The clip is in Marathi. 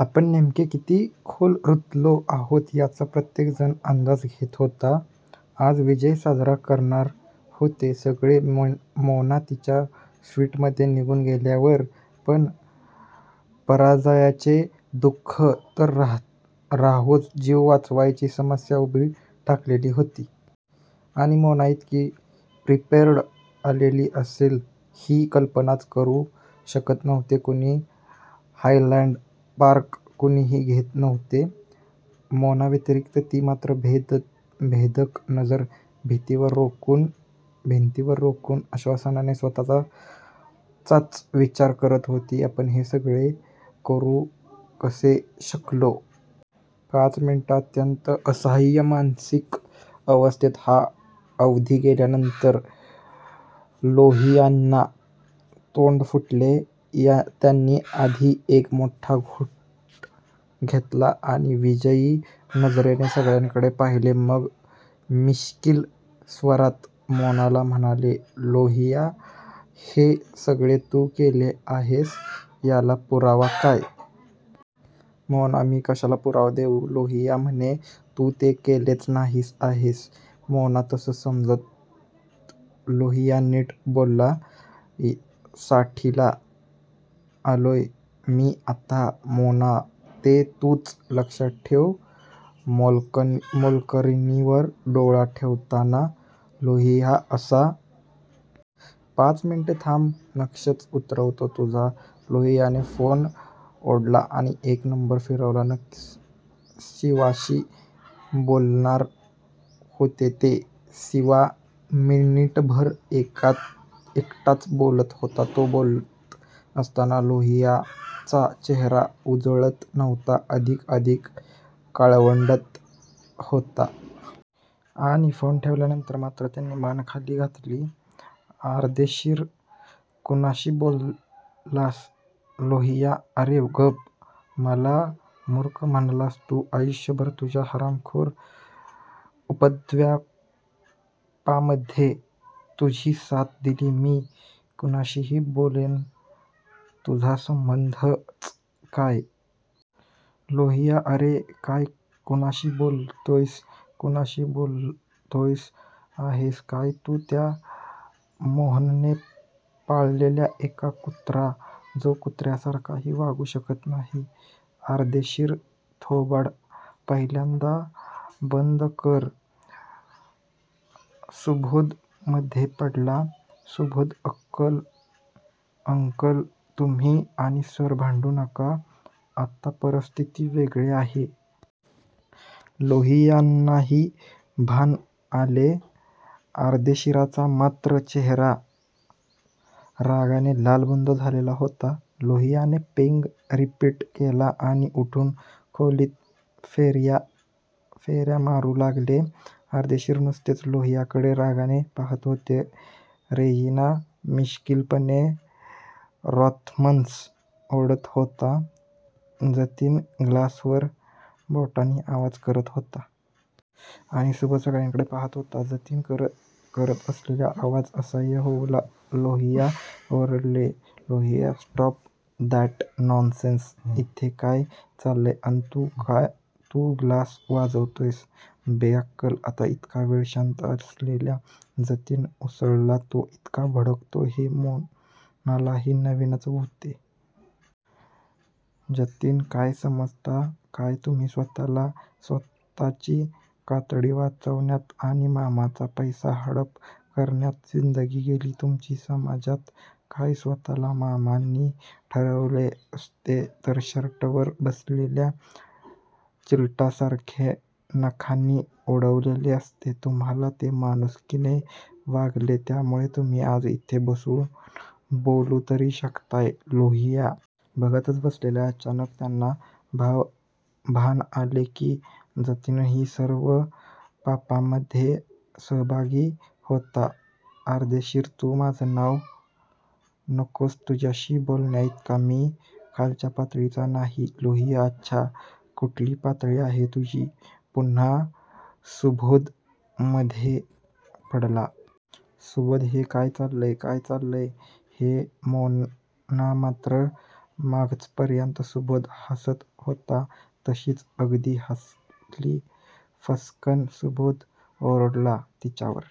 आपण नेमके किती खोल रुतलो आहोत याचा प्रत्येक जण अंदाज घेत होता. आज विजय साजरा करणार होते सगळे, मोना तिच्या स्विटमध्ये निघून गेल्यावर, पण पराजयाचे दु:ख तर राहोच जीव वाचवायची समस्या उभी ठाकलेली होती. आणि मोना इतकी प्रिपेअर्ड आलेली असेल ही कल्पनाच करू शकत नव्हते कुणी हायलॅन्ड पार्क कुणीही घेत नव्हते. मोनाव्यतिरिक्त ती मात्र भेदक नजर भिंतीवर रोखून अविश्वासाने स्वतःचाच विचार करत होती. आपण हे सगळे करू कसे शकलो? पाच मिनिटे, अत्यंत असह्य मानसिक अवस्थेत हा अवधी गेल्यानंतर लोहियांना तोंड फुटले. त्यांनी आधी एक मोठा घोट घेतला आणि विजयी नजरेने सगळ्यांकडे पाहिले. मग मिश्कील स्वरात मोनाला म्हणाले.. लोहिया हे सगळे तू केले आहेस याला पुरावा काय? मोना मी कशाला पुरावा देऊ? लोहिया म्हणजे तू ते केलेले नाहीच आहेस. मोना तसं समज. लोहिया नीट बोल. साठीला आलोय मी आता. मोना ते तूच लक्षात ठेव, मोलकरणींवर डोळा ठेवताना, लोहिया अस? पाच मिनिटे थांब, नक्षाच उतरवतो तुझा लोहियांनी फोन ओढला आणि एक नंबर फिरवला. नक्कीच सिवाशी बोलणार होते ते! सिवा मिनिटभर एकटाच बोलत होता. तो बोलत असताना लोहियांचा चेहरा उजळत नव्हता. अधिकाधिक काळवंडत होता. आणि फोन ठेवल्यावर मात्र त्यांनी मान खाली घातली. अर्देशीर कुणाशी बोललास? लोहिया अरे गप? मला मूर्ख म्हणालास तू ,आयुष्यभर तुझ्या हरामखोर उपद्व्यापांमध्ये तुझी साथ दिली मी, मी कुणाशीही बोलेन. तुझा संबंधच काय? लोहिया अरे काय कुणाशी बोलतोयस, कुणाशी बोलतोयस? आहेस काय तू? त्या मोहनने पाळलेला एक कुत्रा, जो कुत्र्यासारखाही वागू शकत नाही. अर्देशीर थोबाड पहिल्यांदा बंद कर. सुबोध मधे पडला. सुबोध अंकल.. तुम्ही आणि सर भांडू नका, आत्ता परिस्थिती वेगळी आहे. लोहियांनाही भान आले. अर्देशीरांचा मात्र चेहरा रागाने लालबुंद झालेला होता. लोहियांनी पेग रिपीट केला आणि उठून खोलीत फेर्या मारू लागले. अर्देशीर नुसतेच लोहियांकडे रागाने पाहात होते. रेजिना मिश्कीलपणे रॉथमन्स ओढत होता. जतीन ग्लासवर बोटांनी आवाज करत होता. आणि सुबोध सगळ्यांकडे पाहात होता. जतीन करत असलेला आवाज असह्य होऊन लोहिया ओरडले, लोहिया स्टॉप दॅट नॉन्सेन्स. इथे काय चाललंय अन तू ग्लास वाजवतोयस बेअक्कल? आता इतका वेळ शांत असलेला जतीन उसळला. तो इतका भडकतो हे मोनालाही नवीनच होते. जतीन काय समजता काय तुम्ही स्वतःला? स्वतची कातडी वाचवण्यात आणि मामांचा पैसा हडप करण्यात जिंदगी गेली तुमची. समजता काय स्वतःला? मामांनी ठरवले असते तर शर्टवर बसलेल्या चिलटासारखे नखांनी उडवले असते तुम्हाला.. ते माणुसकीने वागले त्यामुळे तुम्ही आज इथे बसून बोलू तरी शकताय. लोहिया बघतच बसले. अचानक त्यांना भान आले की जतीनही सर्व पापांमध्ये सहभागी होताच! अर्देशीर तू माझं नाव घेऊ नकोस, तुझ्याशी बोलण्याइतका मी खालच्या पातळीचा नाही. लोहिया अच्छा? कुठली पातळी आहे तुझी? पुन्हा सुबोध मधे पडला. सुबोध हे काय चाललंय? काय चाललंय काय हे? मोना मात्र मगाचपर्यंत सुबोध हासत होता तशीच अगदी हासली. फस्सकन, सुबोध ओरडलाच तिच्यावर--